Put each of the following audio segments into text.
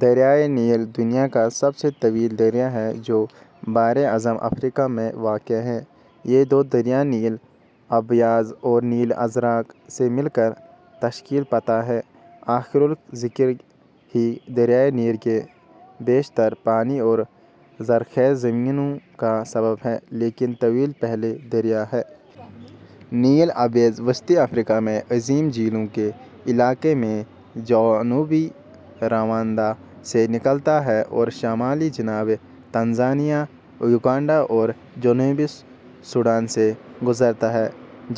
دریائے نیل دنیا کا سب سے طویل دریا ہے جو براعظم افریقا میں واقع ہے۔ یہ دو دریاؤں نیل ابیض اور نیل ازرق سے مل کر تشکیل پاتا ہے۔ آخر الذکر ہی دریائے نیل کے بیشتر پانی اور زرخیز زمینوں کا سبب ہے لیکن طویل اول الذکر دریا ہے۔ نیل ابیض وسطی افریقا میں عظیم جھیلوں کے علاقے میں جنوبی روانڈا سے نکلتا ہے اور شمال کی جانب تنزانیہ ، یوگینڈا اور جنوبی سوڈان سے گذرتا ہے،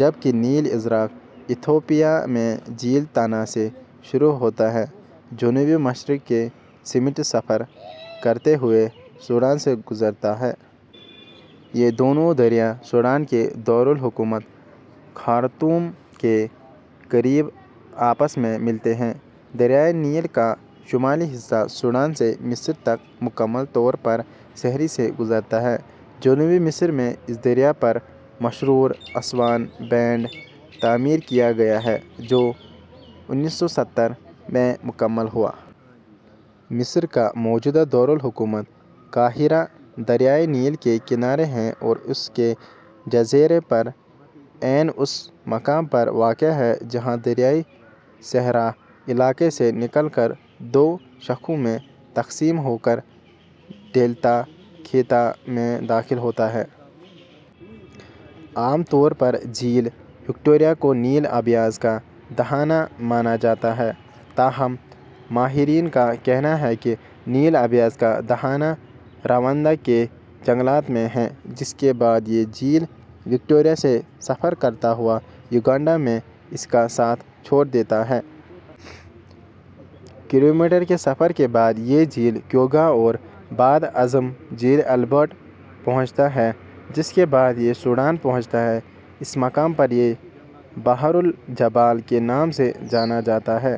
جبکہ نیل ازرق ایتھوپیا میں جھیل ٹانا سے شروع ہوتا ہوا جنوب مشرق کی سمت سفر کرتے ہوئے سوڈان سے گذرتا ہے۔ یہ دونوں دریا سوڈان کے دار الحکومت خرطوم کے قریب آپس میں ملتے ہیں۔ دریائے نیل کا شمالی حصہ سوڈان سے مصر تک مکمل طور پر صحرا سے گذرتا ہے۔ جنوبی مصر میں اس دریا پر مشہور اسوان بند تعمیر کیا گیا ہے، جو ء میں مکمل ہوا۔ مصر کا موجودہ دار الحکومت قاہرہ دریائے نیل کے کنارے ہے اور اس کے جزائر پر عین اس مقام پر واقع ہے جہاں دریا صحرائی علاقے سے نکل کر دو شاخوں میں تقسیم ہوکر ڈیلٹائی خطے میں داخل ہوتا ہے۔ عام طور پر جھیل وکٹوریہ کو نیل ابیض کا دہانہ مانا جاتا ہے تاہم ماہرین کا کہنا ہے کہ نیل ابیض کا دہانہ روانڈا کے جنگلات میں ہے جس کے بعد یہ جھیل وکٹوریہ سے سفر کرتا ہوا یوگینڈا میں اس کا ساتھ چھوڑدیتا ہے۔ کلومیٹر کے سفر کے بعد یہ جھیل کیوگا اور بعد ازاں جھیل البرٹ پہنچتا ہے جس کے بعد یہ سوڈان پہنچتا ہے۔ اس مقام پر یہ بحر الجبل کے نام سے جانا جاتا ہے۔